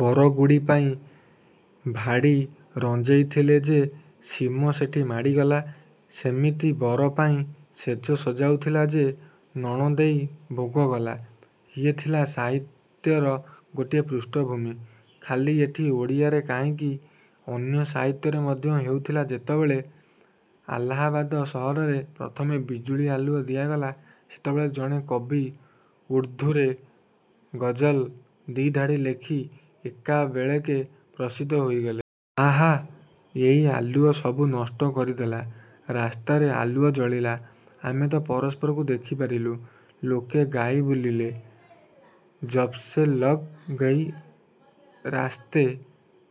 ବରଗୁଡ଼ି ପାଇଁ ଭାଡ଼ି ରଞ୍ଜେଇଥିଲା ଯେ ସୀମ ସେଠି ମାଡ଼ିଗଲା। ସେମିତି ବରପାଇଁ ଶେଜ ସଜାଉଥିଲା ଯେ ନଣନ୍ଦେଇ ଭୋଗ କଲା। ଇଏ ଥିଲା ସାହିତ୍ୟର ଗୋଟିଏ ପୃଷ୍ଠଭୂମି। ଖାଲି ଏଠି ଓଡ଼ିଆରେ କାହିଁକି ଅନ୍ୟ ସାହିତ୍ୟରେ ମଧ୍ୟ ହେଉଥିଲା ଯେତେବେଳେ ଆଲାହାବାଦ ସହରରେ ପ୍ରଥମେ ବିଜୁଳି ଆଲୁଅ ଦିଆଗଲା ସେତେବେଳେ ଜଣେ କବି ଉର୍ଦ୍ଦୁରେ ଗଜଲ୍ ଦି'ଧାଡ଼ି ଲେଖି ଏକାବେଳେକେ ପ୍ରସିଦ୍ଧ ହୋଇଗଲେ। ଆହା, ଏଇ ଆଲୁଅ ସବୁ ନଷ୍ଟ କରିଦେଲା। ରାସ୍ତାରେ ଆଲୁଅ ଜଳିଲା। ଆମେ ତ ପରସ୍ପରକୁ ଦେଖି ପାରିଲୁ। ଲୋକେ ଗାଇ ବୁଲିଲେ। –ଯବ୍ ସେ ଲଗ୍ ଗୟୀ ରାସ୍ତେ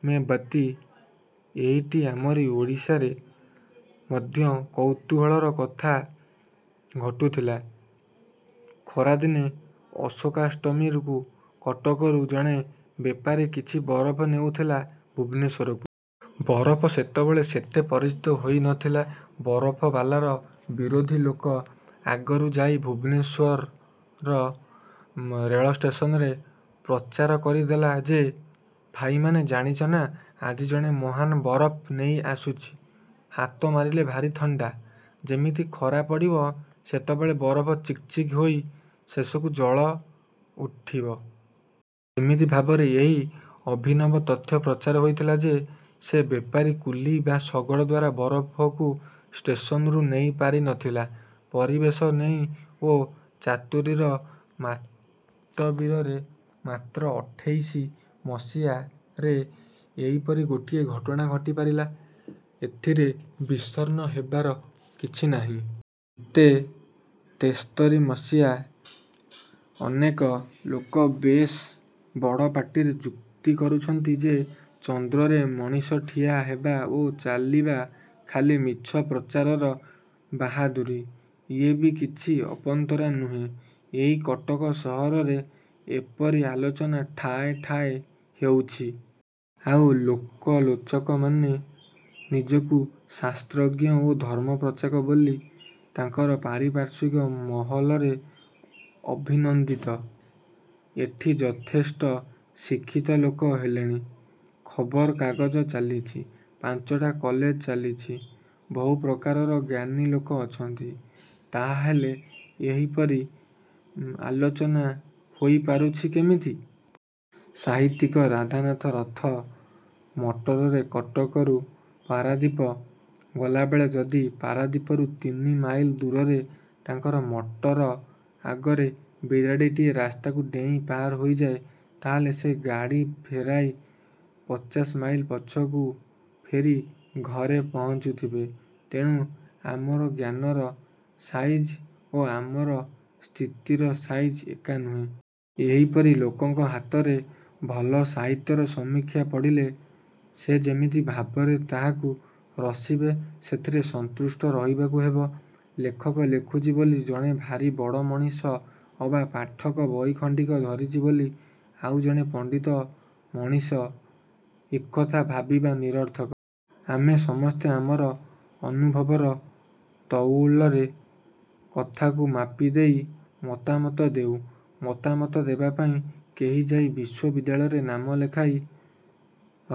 ମେ ବତୀ ଏଇଠି ଆମରି ଓଡ଼ିଶାରେ ମଧ୍ୟ କୌତୁହଳର କଥା ଘଟୁଥିଲା। ଖରାଦିନେ ଅଶୋକାଷ୍ଟମୀକୁ କଟକରୁ ଜଣେ ବେପାରି କିଛି ବରଫ ନେଉଥିଲା ଭୁବନେଶ୍ୱରକୁ। ବରଫ ସେତେବେଳେ ସେତେ ପରିଚିତ ହୋଇ ନ ଥିଲା। ବରଫବାଲାର ବିରୋଧି ଲୋକ ଆଗରୁ ଯାଇ ଭୁବନେଶ୍ୱର ରେଳଷ୍ଟେସନରେ ପ୍ରଚାର କରି ଦେଲା ଯେ–ଭାଇମାନେ ଜାଣିଛ ନା ଆଜି ଜଣେ ମହାଜନ ବରଫ୍ ନେଇ ଆସୁଛି। ହାତ ମାରିଲେ ଭାରି ଥଣ୍ତା। ଯେମିତି ଖରା ପଡ଼ିବ ସେତେବେଳେ ବରଫ ଚିକ୍ ଚିକ୍ ହୋଇ ଶେଷକୁ ଜଳି ଉଠିବ। ଏମିତି ଭାବରେ ଏହି ଅଭିନବ ତଥ୍ୟ ପ୍ରଚାର ହୋଇଥିଲା ଯେ ସେ ବେପାରୀ କୁଲି ବା ଶଗଡ଼ ଦ୍ୱାରା ବରଫକୁ ଷ୍ଟେସନରୁ ନେଇ ପାରି ନଥିଲା। ପରିବେଶ ନେଇ ଓ ଚାତୁରୀର ମାତବରୀରେ ମାତ୍ର ଅଠେଇଶି ମସିହାରେ ଏଇପରି ଗୋଟିଏ ଘଟଣା ଘଟିପାରିଲା। ଏଥିରେ ବିଷର୍ଣ୍ଣ ହେବାର କିଛି ନାହିଁ। ଏବେ ତେସ୍ତରୀ ମସିହାରେ ଅନେକ ଲୋକ ବେଶ୍ ବଡ଼ ପାଟିରେ ଯୁକ୍ତି କରୁଛନ୍ତି ଯେ ଚନ୍ଦ୍ରରେ ମଣିଷ ଠିଆ ହେବା ଓ ଚାଲିବା ଖାଲି ମିଛ ପ୍ରଚାରର ବାହାଦୁରୀ। ଇଏ ବି କିଛି ଅପନ୍ତରା ନୁହେଁ। ଏହି କଟକ ସହରରେ ଏହିପରି ଆଲୋଚନା ଠାଏ ଠାଏ ହେଉଛି। ଆଉ ଆଲୋଚକମାନେ ନିଜକୁ ଶାସ୍ତ୍ରଜ୍ଞ ଓ ଧର୍ମପ୍ରଚାରକ ବୋଲି ତାଙ୍କର ପାରିପାର୍ଶ୍ୱିକ ମହଲରେ ଅଭିନନ୍ଦିତ। ଏଠି ଯଥେଷ୍ଟ ଶିକ୍ଷିତ ଲୋକ ହେଲେଣି। ଖବର କାଗଜ ଚାଲିଛି। ପାଞ୍ଚଟା କଲେଜ ଚାଲିଛି। ବହୁତ ପ୍ରକାରର ଜ୍ଞାନୀ ଲୋକ ଅଛନ୍ତି। ତାହାହେଲେ ଏହିପରି ଆଲୋଚନା ହୋଇ ପାରୁଛି କେମିତି? ସାହିତ୍ୟିକ ରାଧାନାଥ ରଥ ମଟରରେ କଟକରୁ ପାରାଦୀପ ଗଲାବେଳେ ଯଦି ପାରାଦୀପରୁ ତିନି ମାଇଲ ଦୂରରେ ତାଙ୍କର ମଟର ଆଗରେ ବିରାଡ଼ିଟିଏ ରାସ୍ତାକୁ ଡେଇଁ ପାର ହୋଇଯାଏ ତାହାହେଲେ ସେ ଗାଡ଼ି ଫେରାଇ ପଚାଶ ମାଇଲ ପଛକୁ ଫେରି ଘରେ ପହୁଞ୍ଚିବେ। ତେଣୁ ଆମର ଜ୍ଞାନର ସାଇଜ ଓ ଆମର ସ୍ଥିତିର ସାଇଜ ଏକା ନୁହେଁ। ଏହିପରି ଲୋକଙ୍କ ହାତରେ ଭଲ ସାହିତ୍ୟର ସମୀକ୍ଷା ପଡ଼ିଲେ ସେ ଯେମିତି ଭାବରେ ତାହାକୁ ରସିବେ ସେଥିରେ ସନ୍ତୁଷ୍ଟ ରହିବାକୁ ହେବ। ଲେଖକ ଲେଖୁଛି ବୋଲି ଜଣେ ଭାରି ବଡ଼ ମଣିଷ ଅବା ପାଠକ ବହିଖଣ୍ତିକ ଧରିଛି ବୋଲି ଆଉ ଜଣେ ପଣ୍ତିତ ମଣିଷ–ଏକଥା ଭାବିବା ନିରର୍ଥକ। ଆମେ ସମସ୍ତେ ଆମର ଅନୁଭବର ତଉଲରେ କଥାକୁ ମାପି ଦେଇ ମତାମତ ଦେଉ। ମତାମତ ଦେବା ପାଇଁ କେହି ଯାଇ ବିଶ୍ୱବିଦ୍ୟାଳୟରେ ନାମ ଲେଖାଇ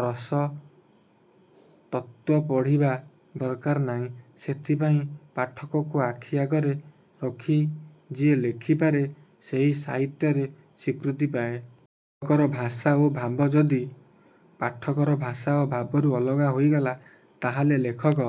ରସ–ତତ୍ତ୍ୱ ପଢ଼ିବା ଦରକାର ନାହିଁ। ସେଥିପାଇଁ ପାଠକକୁ ଆଖି ଆଗରେ ରଖି ଯିଏ ଲେଖିପାରେ ସେହି ସାହିତ୍ୟରେ ସ୍ୱୀକୃତି ପାଏ। ଲେଖକର ଭାଷା ଓ ଭାବ ଯଦି। ପାଠକର ଭାଷା ଓ ଭାବରୁ ଅଲଗା ହୋଇଗଲା ତାହାହେଲେ ଲେଖକ